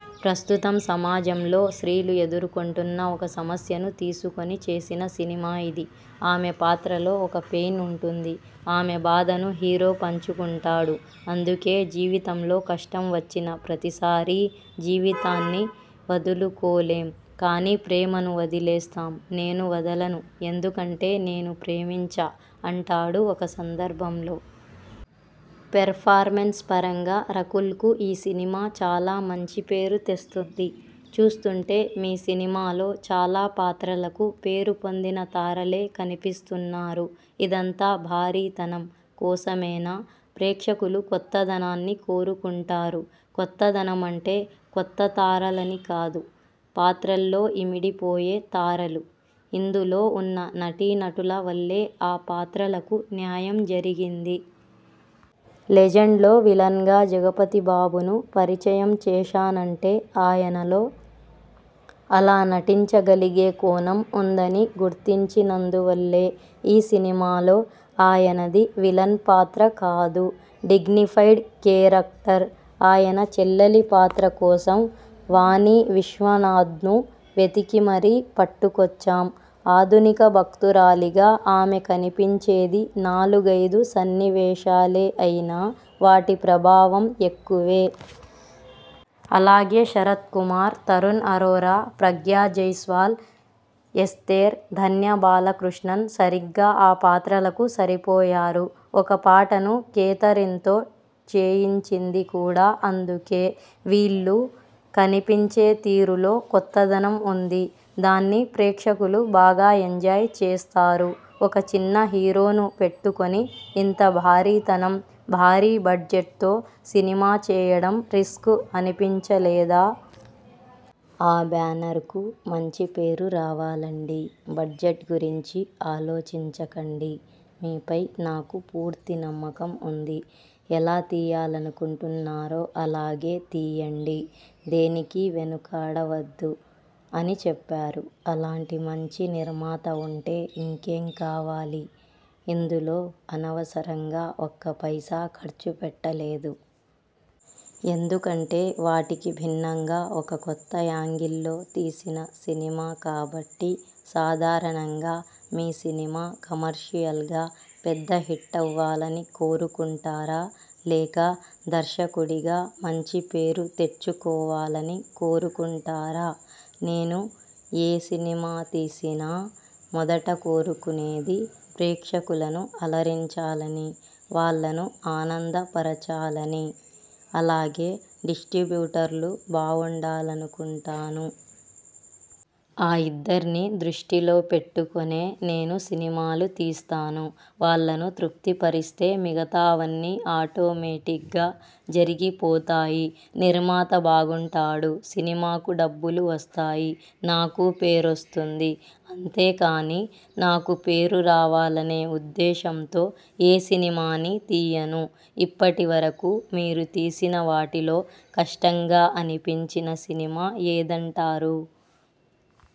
ప్రస్తుతం సమాజంలో స్త్రీలు ఎదుర్కొంటున్న ఒక సమస్యను తీసుకొని చేసిన సినిమా ఇది. ఆమె పాత్రలో ఒక పెయిన్ ఉంటుంది. ఆమె బాధను హీరో పంచుకుంటాడు. అందుకే ''జీవితంలో కష్టం వచ్చిన ప్రతిసారీ జీవితాన్ని వదులుకోలేం. కానీ ప్రేమను వదిలేస్తాం. నేను వదలను. ఎందుకంటే నేను ప్రేమించా'' అంటాడు ఒక సందర్భంలో. పెర్ఫార్మెన్స్ పరంగా రకుల్కు ఈ సినిమా చాలా మంచి పేరు తెస్తుంది. చూస్తుంటే మీ సినిమాలో చాలా పాత్రలకు పేరుపొందిన తారలే కనిపిస్తున్నారు. ఇదంతా భారీతనం కోసమేనా? ప్రేక్షకులు కొత్తదనాన్ని కోరుకుంటారు. కొత్తదనమంటే కొత్తతారలని కాదు. పాత్రల్లో ఇమిడిపోయే తారలు. ఇందులో ఉన్న నటీనటుల వల్లే ఆ పాత్రలకు న్యాయం జరిగింది. 'లెజెండ్'లో విలన్గా జగపతిబాబును పరిచయం చేశానంటే ఆయనలో అలా నటించగలిగే కోణం ఉందని గుర్తించినందు వల్లే. ఈ సినిమాలో ఆయనది విలన్ పాత్ర కాదు. Dignified character. ఆయన చెల్లెలి పాత్ర కోసం వాణీ విశ్వనాథ్ను వెతికి మరీ పట్టుకొచ్చాం. ఆధునిక భక్తురాలిగా ఆమె కనిపించేది నాలుగైదు సన్నివేశాలే అయినా, వాటి ప్రభావం ఎక్కువే. అలాగే శరత్కుమార్, తరుణ్ అరోరా, ప్రగ్యా జైస్వాల్, ఎస్తేర్, ధన్య బాలకృష్ణన్ సరిగ్గా ఆ పాత్రలకు సరిపోయారు. ఒక పాటను కేథరిన్తో చేయించింది కూడా అందుకే. వీళ్లు కనిపించే తీరులో కొత్తదనం ఉంది. దాన్ని ప్రేక్షకులు బాగా ఎంజాయ్ చేస్తారు. ఒక చిన్న హీరోను పెట్టుకొని ఇంత భారీతనం, భారీ బడ్జెట్తో సినిమా చేయడం రిస్క్ అనిపించలేదా? ఆ బ్యానర్కు మంచి పేరు రావాలండీ. బడ్జెట్ గురించి ఆలోచించకండి. మీపై నాకు పూర్తి నమ్మకం ఉంది. ఎలా తీయాలనుకుంటున్నారో అలాగే తీయండి. దేనికీ వెనుకాడవద్దు' అని చెప్పారు. అలాంటి మంచి నిర్మాత ఉంటే ఇంకేం కావాలి! ఇందులో అనవసరంగా ఒక్క పైసా ఖర్చు పెట్టలేదు. ఎందుకంటే వాటికి భిన్నంగా ఒక కొత్త యాంగిల్లో తీసిన సినిమా కాబట్టి. సాధారణంగా మీ సినిమా కమర్షియల్గా పెద్ద హిట్టవ్వాలని కోరుకుంటారా? లేక దర్శకుడిగా మంచి పేరు తెచ్చుకోవాలని కోరుకుంటారా? నేను ఏ సినిమా తీసినా మొదట కోరుకునేది ప్రేక్షకులను అలరించాలనీ, వాళ్లను ఆనందపరచాలనీ. అలాగే డిస్ట్రిబ్యూటర్లు బావుండాలనుకుంటాను. ఆ ఇద్దర్నీ దృష్టిలో పెట్టుకొనే నేను సినిమాలు తీస్తాను. వాళ్లను తృప్తిపరిస్తే మిగతావన్నీ ఆటోమేటిగ్గా జరిగిపోతాయి. నిర్మాత బాగుంటాడు, సినిమాకు డబ్బులు వస్తాయి, నాకూ పేరొస్తుంది. అంతేకానీ, నాకు పేరు రావాలనే ఉద్దేశంతో ఏ సినిమానీ తీయను. ఇప్పటివరకూ మీరు తీసిన వాటిలో కష్టంగా అనిపించిన సినిమా ఏదంటారు?